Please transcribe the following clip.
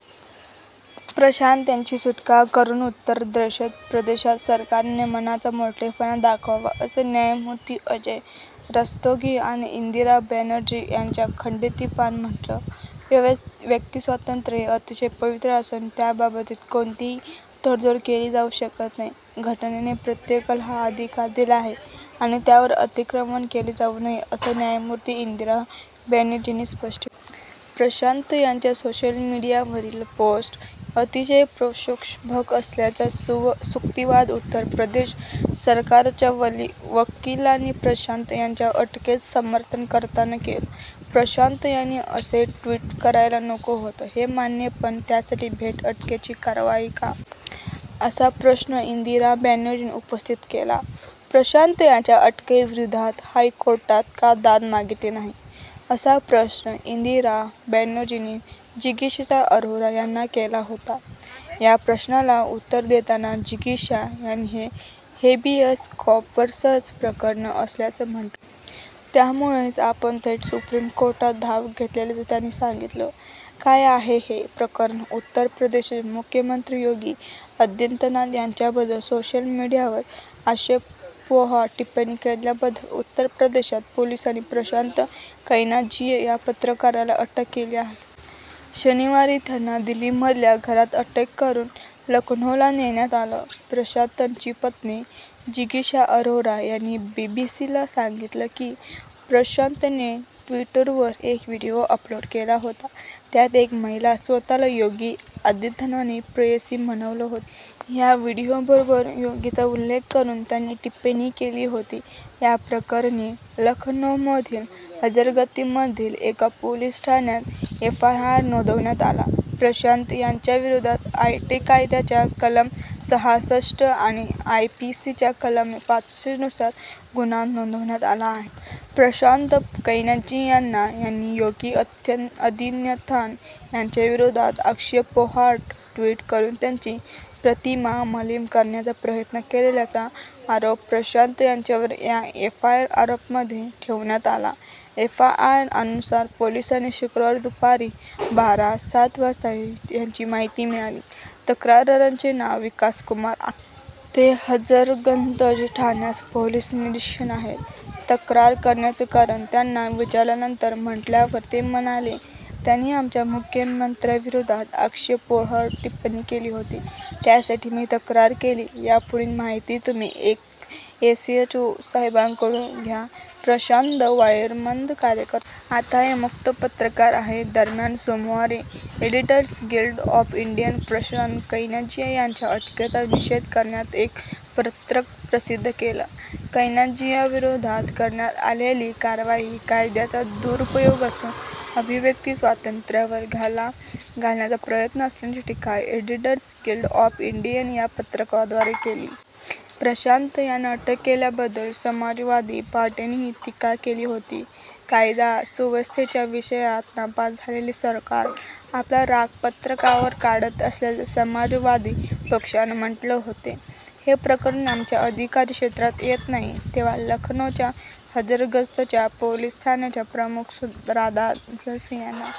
प्रशांत यांची सुटका करून उत्तर प्रदेश सरकारने मनाचा मोठेपणा दाखवावा, असं न्यायमूर्ती अजय रस्तोगी आणि इंदिरा बॅनर्जी यांच्या खंडपीठानं म्हटलं. व्यक्तिस्वातंत्र्य हे अतिशय पवित्र असून त्याबाबतीत कोणतीही तडजोड केली जाऊ शकत नाही. घटनेनं प्रत्येकाला हा अधिकार दिला आहे आणि त्यावर अतिक्रमण केलं जाऊ नये, असं न्यायमूर्ती इंदिरा बॅनर्जींनी स्पष्ट केलं. प्रशांत यांच्या सोशल मीडियावरील पोस्ट्स अतिशय प्रक्षोभक असल्याचा युक्तिवाद उत्तर प्रदेश सरकारच्या वकिलांनी प्रशांत यांच्या अटकेचं समर्थन करताना केला. प्रशांत यांनी असे ट्वीट करायला नको होतं, हे मान्य. पण त्यासाठी थेट अटकेची कारवाई का? असा प्रश्न इंदिरा बॅनर्जींनी उपस्थित केला. प्रशांत यांच्या अटकेविरोधात हायकोर्टात का दाद मागितली नाही, असा प्रश्न इंदिरा बॅनर्जींनी जिगीषा अरोरा यांना केला होता. या प्रश्नाला उत्तर देताना जिगीषा यांनी हे हेबियस कॉपर्सचं प्रकरण असल्याचं म्हटलं. त्यामुळेच आपण थेट सुप्रीम कोर्टात धाव घेतल्याचं त्यांनी सांगितलं. काय आहे हे प्रकरण? उत्तर प्रदेशचे मुख्यमंत्री योगी आदित्यनाथ यांच्याबद्दल सोशल मीडियावर आक्षेपार्ह टिप्पणी केल्याबद्दल उत्तर प्रदेश पोलिसांनी प्रशांत कनौजिया या पत्रकाराला अटक केली होती. शनिवारी त्यांना दिल्लीमधल्या घरात अटक करून लखनौला नेण्यात आलं. प्रशांतची पत्नी जिगीषा अरोरा यांनी बीबीसीला सांगितलं, की प्रशांतने ट्विटरवर एक व्हीडिओ अपलोड केला होता. त्यात एक महिला स्वतःला योगी आदित्यनाथांची प्रेयसी म्हणवत होती. या व्हीडिओबरोबर योगींचा उल्लेख करून त्यांनी टिप्पणीही केली होती. या प्रकरणी लखनौमधील हजरतगंजमधील एका पोलीस ठाण्यात एफआयआर नोंदवण्यात आला. प्रशांत यांच्याविरोधात आयटी कायद्याच्या कलम सहासष्ट आणि आयपीसीच्या कलम पाचशे नुसार गुन्हा नोंदवण्यात आला आहे. प्रशांत कनौजिया यांनी योगी आदित्यनाथ यांच्याविरोधात आक्षेपार्ह ट्वीट करून त्यांची प्रतिमा मलिन करण्याचा प्रयत्न केल्याचा आरोप प्रशांत यांच्यावर या एफआयआरमध्ये ठेवण्यात आला. एफआयआरनुसार, पोलिसांना शुक्रवारी दुपारी बारा .सात वाजता याची माहिती मिळाली. तक्रारदाराचे नाव विकास कुमार आहे. ते हजरतगंज ठाण्यात पोलीस निरीक्षक आहेत. तक्रार करण्याचं कारण त्यांना विचारल्यावर म्हटल्यावर ते म्हणाले त्यांनी आमच्या मुख्यमंत्र्यांविरोधात आक्षेपार्ह टिप्पणी केली होती. त्यासाठी मी तक्रार केली. यापुढील माहिती तुम्ही एसएचओ साहेबांकडून घ्या. प्रशांत द वायरमध्ये कार्यरत होते. आता ते मुक्त पत्रकार आहेत. दरम्यान, सोमवारी एडिटर्स गिल्ड ऑफ इंडियानं प्रशांत कनौजिया यांच्या अटकेचा निषेध करणारं एक पत्रक प्रसिद्ध केलं. कनौजियांविरोधात करण्यात आलेली कारवाई ही कायद्याचा दुरूपयोग असून अभिव्यक्ती स्वातंत्र्यावर घाला घालण्याचा प्रयत्न असल्याची टीका एडिटर्स गिल्ड ऑफ इंडियानं या पत्रकाद्वारे केली. प्रशांत यांना अटक केल्याबद्दल समाजवादी पार्टीनंही टीका केली होती. कायदा सुव्यवस्थेच्या विषयात नापास झालेले सरकार आपला राग पत्रकारांवर काढत असल्याचं समाजवादी पक्षानं म्हटलं होतं. हे प्रकरण आमच्या अधिकार क्षेत्रात येत नाही जेव्हा लखनौच्या हजरतगंजच्या पोलीस ठाण्याचे प्रमुख राधारमण सिंह यांना